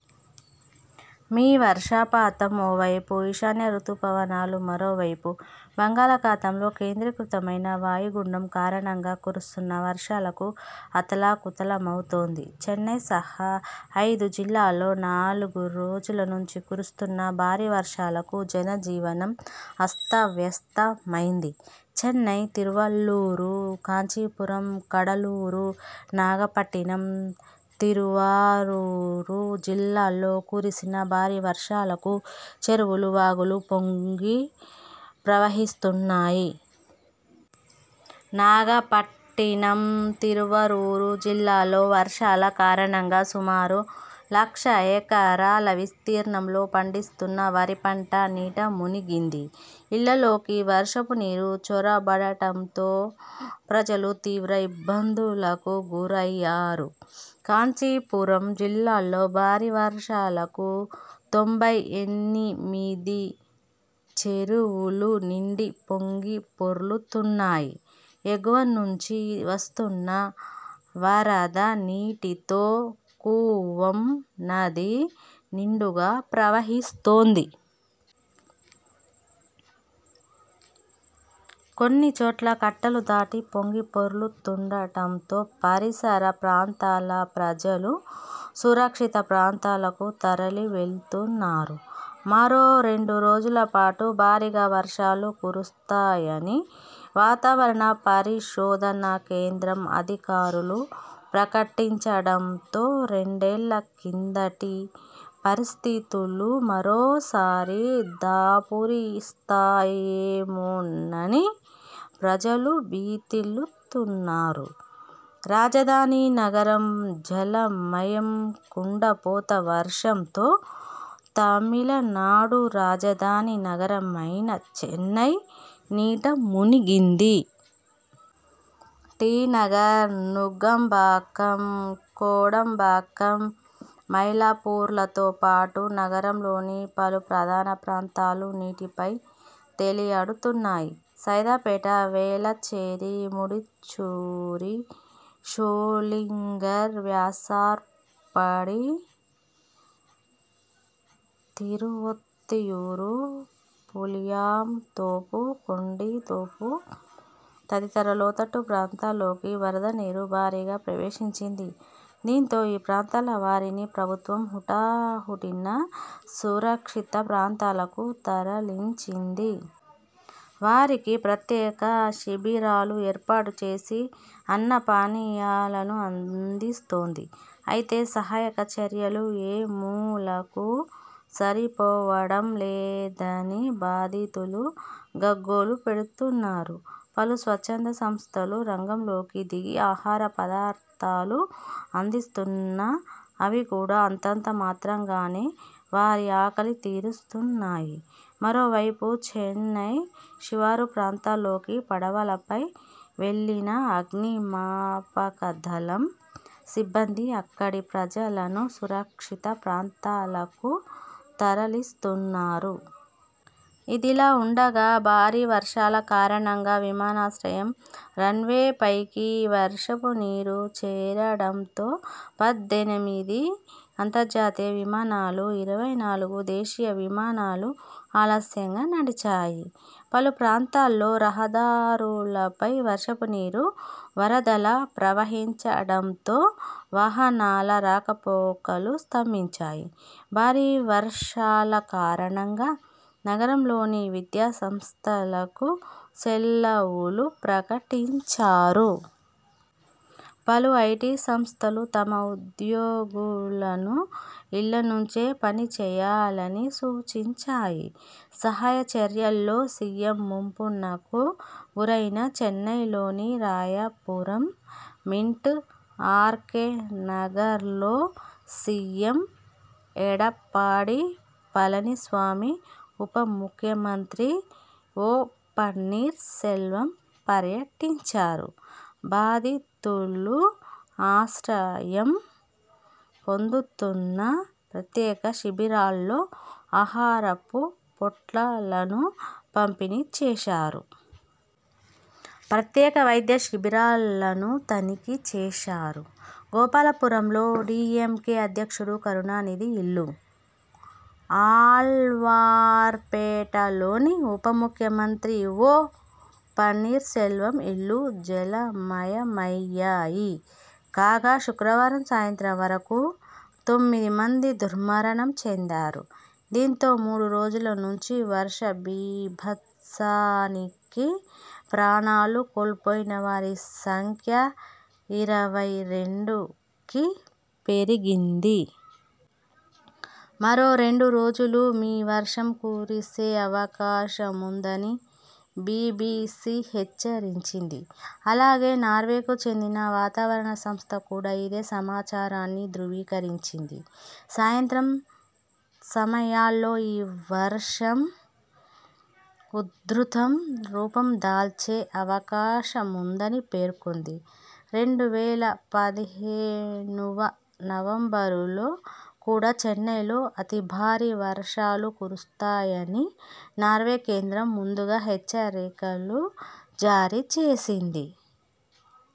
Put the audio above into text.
మీ వర్షపాతం ఓవైపు ఈశాన్య రుతుపవనాలు మరోవైపు బంగాళాఖాతంలో కేంద్రీకృతమైన వాయుగుండం కారణంగా కురుస్తున్న వర్షాలకు అతలాకుతలమవుతోంది. చెన్నై సహా ఐదు జిల్లాల్లో నాలుగు రోజుల నుంచి కురుస్తున్న భారీ వర్షాలకు జనజీవనం అస్తవ్యస్తమైంది. చెన్నై, తిరువళ్లూరు, కాంచీపురం, కడలూరు, నాగపట్టినం, తిరువారూరు జిల్లాల్లో కురిసిన భారీ వర్షాలకు చెరువులు, వాగులు పొంగి ప్రవహిస్తున్నాయి. నాగపట్టినం, తిరువారూరు జిల్లాల్లో వర్షాల కారణంగా సుమారు లక్ష ఎకరాల విస్తీర్ణంలో పండిస్తున్న వరి పంట నీటమునిగింది. ఇళ్లలోకి వర్షపు నీరు చొరబడటంతో ప్రజలు తీవ్ర ఇబ్బందులకు గురయ్యారు. కాంచీపురం జిల్లాల్లో భారీ వర్షాలకు తొంభై ఎనిమిది చెరువులు నిండి పొంగిపొర్లుతున్నాయి. ఎగువ నుంచి వస్తున్న వరద నీటితో కూవం నది నిండుగా ప్రవహిస్తోంది. కొన్నిచోట్ల కట్టలు దాటి పొంగిపొర్లుతుండటంతో పరిసర ప్రాంతాల ప్రజలు సురక్షిత ప్రాంతాలకు తరలివెళ్తున్నారు. మరో రెండు రోజులపాటు భారీగా వర్షాలు కురుస్తాయని వాతావరణ పరిశోధన కేంద్రం అధికారులు ప్రకటించడంతో రెండేళ్ల కిందటి పరిస్థితులు మరోసారి దాపురిస్తాయేమోనని ప్రజలు భీతిల్లుతున్నారు. రాజధాని నగరం జలమయం కుండపోత వర్షంతో తమిళనాడు రాజధాని నగరమైన చెన్నై నీట మునిగింది. టి. నగర్, నుంగంబాక్కం, కోడంబాక్కం, మైలాపూర్లతో పాటు నగరంలోని పలు ప్రధాన ప్రాంతాలు నీటిపై తేలియాడుతున్నాయి. సైదాపేట, వేళచ్చేరి, ముడిచ్చూరి, షోళింగర్, వ్యాసర్పాడి, తిరువొత్తియూరు, పులియాంతోపు, కొండితోపు తదితర లోతట్టు ప్రాంతాల్లోకి వరదనీరు భారీగా ప్రవేశించింది. దీంతో ఈ ప్రాంతాలవారిని ప్రభుత్వం హుటాహుటిన సురక్షిత ప్రాంతాలకు తరలించింది. వారికి ప్రత్యేక శిబిరాలు ఏర్పాటు చేసి అన్నపానీయాలను అందిస్తోంది. అయితే సహాయక చర్యలు ఏ మూలకూ సరిపోవడం లేదని బాధితులు గగ్గోలు పెడుతున్నారు. పలు స్వచ్ఛంద సంస్థలు రంగంలోకి దిగి ఆహార పదార్థాలు అందిస్తున్నా అవి కూడా అంతంతమాత్రంగానే వారి ఆకలి తీరుస్తున్నాయి. మరోవైపు చెన్నై శివారు ప్రాంతాల్లోకి పడవలపై వెళ్లిన అగ్నిమాపకదళం సిబ్బంది అక్కడి ప్రజలను సురక్షిత ప్రాంతాలకు తరలిస్తున్నారు. ఇదిలా ఉండగా, భారీ వర్షాల కారణంగా విమానాశ్రయం రన్వేపైకి వర్షపునీరు చేరడంతో పద్దెనిమిది అంతర్జాతీయ విమానాలు, ఇరవై నాలుగు దేశీయ విమానాలు ఆలస్యంగా నడిచాయి. పలు ప్రాంతాల్లో రహదారులపై వర్షపు నీరు వరదలా ప్రవహించడంతో వాహనాల రాకపోకలు స్తంభించాయి. భారీ వర్షాల కారణంగా నగరంలోని విద్యా సంస్థలకు సెలవులు ప్రకటించారు. పలు ఐటీ సంస్థలు తమ ఉద్యోగులను ఇళ్లనుంచే పనిచేయాలని సూచించాయి. సహాయ చర్యల్లో సీఎంముంపునకు గురయిన చెన్నైలోని రాయపురం, మింట్, ఆర్కేనగర్లో సీఎం ఎడప్పాడి పళనిస్వామి, ఉప ముఖ్యమంత్రి ఒ. పన్నీర్ సెల్వం పర్యటించారు. బాధితులు ఆశ్రయం పొందుతున్న ప్రత్యేక శిబిరాల్లో ఆహారపు పొట్లాలను పంపిణీ చేశారు. ప్రత్యేక వైద్యశిబిరాలను తనిఖీచేశారు. గోపాలపురం లో డీఎంకే అధ్యక్షుడు కరుణానిధి ఇల్లు, ఆళ్వార్పేటలోని ఉప ముఖ్యమంత్రి ఒ. పన్నీర్సెల్వం ఇల్లు జలమయమయ్యాయి. కాగా, శుక్రవారం సాయంత్రం వరకూ తొమ్మిదిమంది దుర్మరణం చెందారు. దీంతో మూడు రోజుల నుంచి వర్షబీభత్సానికి ప్రాణాలు కోల్పోయినవారి సంఖ్య ఇరవై రెండుకి పెరిగింది. మరో రెండు రోజులూ మీ వర్షం కురిసే అవకాశముందని బీబీసీ హెచ్చరించింది. అలాగే, నార్వేకు చెందిన వాతావరణ సంస్థ కూడా ఇదే సమాచారాన్ని ధ్రువీకరించింది. సాయంత్రం సమయాల్లో ఈ వర్షం ఉధృతం రూపం దాల్చే అవకాశముందని పేర్కొంది. రెండు వేల పదిహేనువ నవంబరులో కూడా చెన్నైలో అతిభారీ వర్షాలు కురుస్తాయని నార్వే కేంద్రం ముందుగా హెచ్చరికలు జారీచేసింది.